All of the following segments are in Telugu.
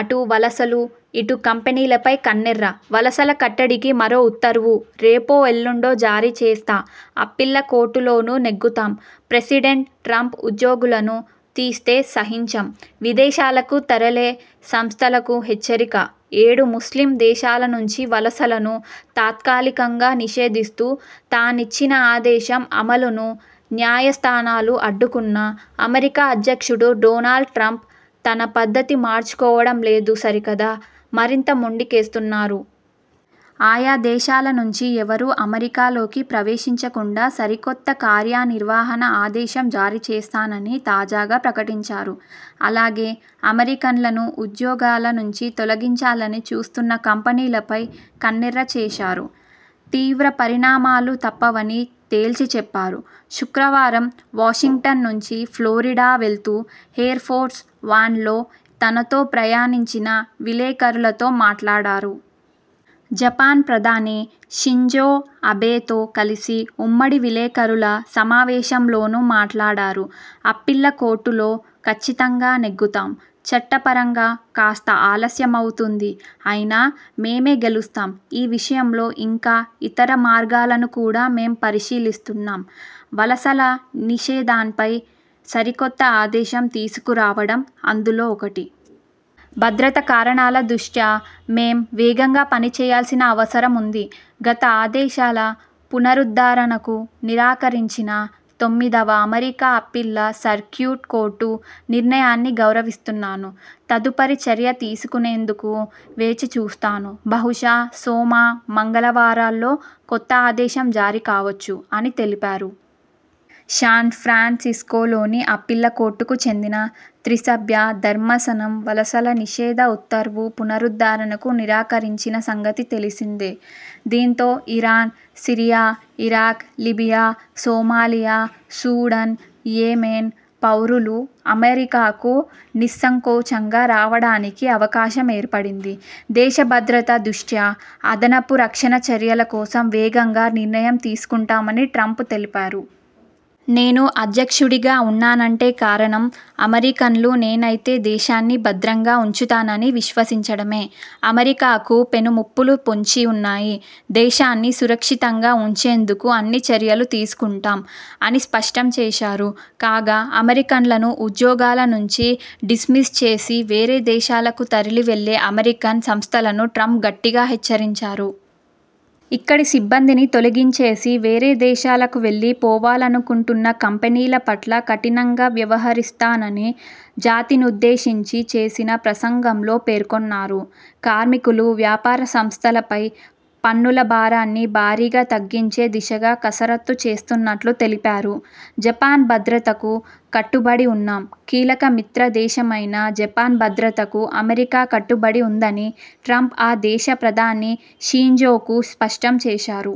అటు వలసలు, ఇటు కంపెనీలపై కన్నెర్ర, వలసల కట్టడికి మరో ఉత్తర్వు రేపో ఎల్లుండో జారీ చేస్తా, అప్పీళ్ల కోర్టులోనూ నెగ్గుతాం ప్రెసిడెంట్ ట్రంప్ ఉద్యోగులను తీస్తే సహించం, విదేశాలకు తరలే సంస్థలకు హెచ్చరిక ఏడు ముస్లిం దేశాల నుంచి వలసలను తాత్కాలికంగా నిషేధిస్తూ తానిచ్చిన ఆదేశం అమలును న్యాయ స్థానాలు అడ్డుకున్నా, అమెరికా అధ్యక్షుడు డొనాల్డ్ ట్రంప్ తన పద్ధతి మార్చుకోవడం లేదు సరికదా, మరింత మొండి కేస్తున్నారు. ఆయా దేశాల నుంచి ఎవరూ అమెరికా లోకి ప్రవేశించ కుండా సరికొత్త కార్యనిర్వాహక ఆదేశం జారీ చేస్తానని తాజాగా ప్రకటించారు. అలాగే అమెరికన్లను ఉద్యోగాల నుంచి తొలగించాలని చూస్తున్న కంపెనీల పై కన్నెర్ర చేశారు. తీవ్ర పరిణామాలు తప్పవని తేల్చిచెప్పారు. శుక్రవారం వాషింగ్టన్ నుంచి ఫ్లోరిడా వెళ్తూ ఎయిర్ఫోర్స్ వన్లో తనతో ప్రయాణించిన విలేకరులతో మాట్లాడారు. జపాన్ ప్రధాని షింజో అబెతో కలిసి ఉమ్మడి విలేకరుల సమావేశంలోనూ మాట్లాడారు. 'అప్పీళ్ల కోర్టులో కచ్చితంగా నెగ్గుతాం. చట్ట పరంగా కాస్త ఆలస్యమవుతుంది. అయినా మేమే గెలుస్తాం. ఈ విషయంలో ఇంకా ఇతర మార్గాలను కూడా మేం పరిశీలిస్తున్నాం. వలసల నిషేధంపై సరికొత్త ఆదేశం తీసుకు రావడం అందులో ఒకటి. భద్రతా కారణాల దృష్ట్యా మేం వేగంగా పని చేయాల్సిన అవసరం ఉంది. గత ఆదేశాల పునరుద్ధరణకు నిరాకరించిన తొమ్మిదివ అమెరికా అప్పీళ్ల సర్క్యూట్ కోర్టు నిర్ణయాన్ని గౌరవిస్తున్నాను. తదుపరి చర్య తీసుకునేందుకు వేచి చూస్తాను. బహుశా సోమ, మంగళవారాల్లో కొత్త ఆదేశం జారీ కావచ్చు' అని తెలిపారు. శాన్ఫ్రాన్సిస్కోలోని అప్పీళ్ల కోర్టుకు చెందిన త్రిసభ్య ధర్మాసనం.,వలసల నిషేధ ఉత్తర్వు పునరుద్ధరణకు నిరాకరించిన సంగతి తెలిసిందే. దీంతో Iran, Syria, Iraq, Libya, Somalia, Sudan, Yemen పౌరులు అమెరికాకు నిస్సంకోచంగా రావడానికి అవకాశం ఏర్పడింది. దేశ భద్రత దృష్ట్యా అదనపు రక్షణ చర్యల కోసం వేగంగా నిర్ణయం తీసుకుంటామని ట్రంప్ తెలిపారు. 'నేను అధ్యక్షుడిగా ఉన్నానంటే కారణం.. అమెరికన్లు నేనైతే దేశాన్ని భద్రంగా ఉంచుతానని విశ్వసించడమే. అమెరికాకు పెను ముప్పులు పొంచి ఉన్నాయి. దేశాన్ని సురక్షితంగా ఉంచేందుకు అన్ని చర్యలూ తీసుకుంటాం' అని స్పష్టం చేశారు. కాగా, అమెరికన్లను ఉద్యోగాల నుంచి డిస్మిస్ చేసి వేరే దేశాలకు తరలి వెళ్లే అమెరికన్ సంస్థలను ట్రంప్ గట్టిగా హెచ్చరించారు. ఇక్కడి సిబ్బందిని తొలగించేసి వేరే దేశాలకు వెళ్లి పోవాలనుకుంటున్న కంపెనీల పట్ల కఠినంగా వ్యవహరిస్తానని జాతినుద్దేశించి చేసిన ప్రసంగంలో పేర్కొన్నారు. కార్మికులు, వ్యాపార సంస్థల పై పన్నుల భారాన్ని భారీగా తగ్గించే దిశగా కసరత్తు చేస్తున్నట్లు తెలిపారు. జపాన్ భద్రతకు కట్టుబడి ఉన్నాం కీలక మిత్ర దేశమైన జపాన్ భద్రతకు అమెరికా కట్టుబడి ఉందని ట్రంప్ ఆ దేశ ప్రధాని షింజోకు స్పష్టం చేశారు.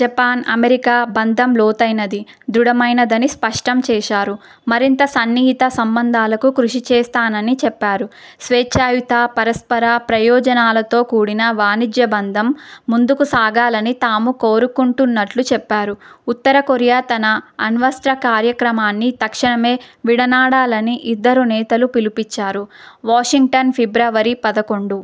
జపాన్, అమెరికా బంధం లోతైనది, దృఢ మైనదని స్పష్టం చేశారు. మరింత సన్నిహిత సంబంధాలకు కృషి చేస్తానని చెప్పారు. స్వేచ్ఛాయుత, పరస్పర ప్రయోజనాలతో కూడిన వాణిజ్య బంధం ముందుకు సాగాలని తాము కోరుకుంటున్నట్లు చెప్పారు. ఉత్తరకొరియా తన అణ్వస్త్ర కార్యక్రమాన్ని తక్షణమే విడనాడాలని ఇద్దరు నేతలూ పిలుపిచ్చారు. వాషింగ్టన్, ఫిబ్రవరి పదకొండు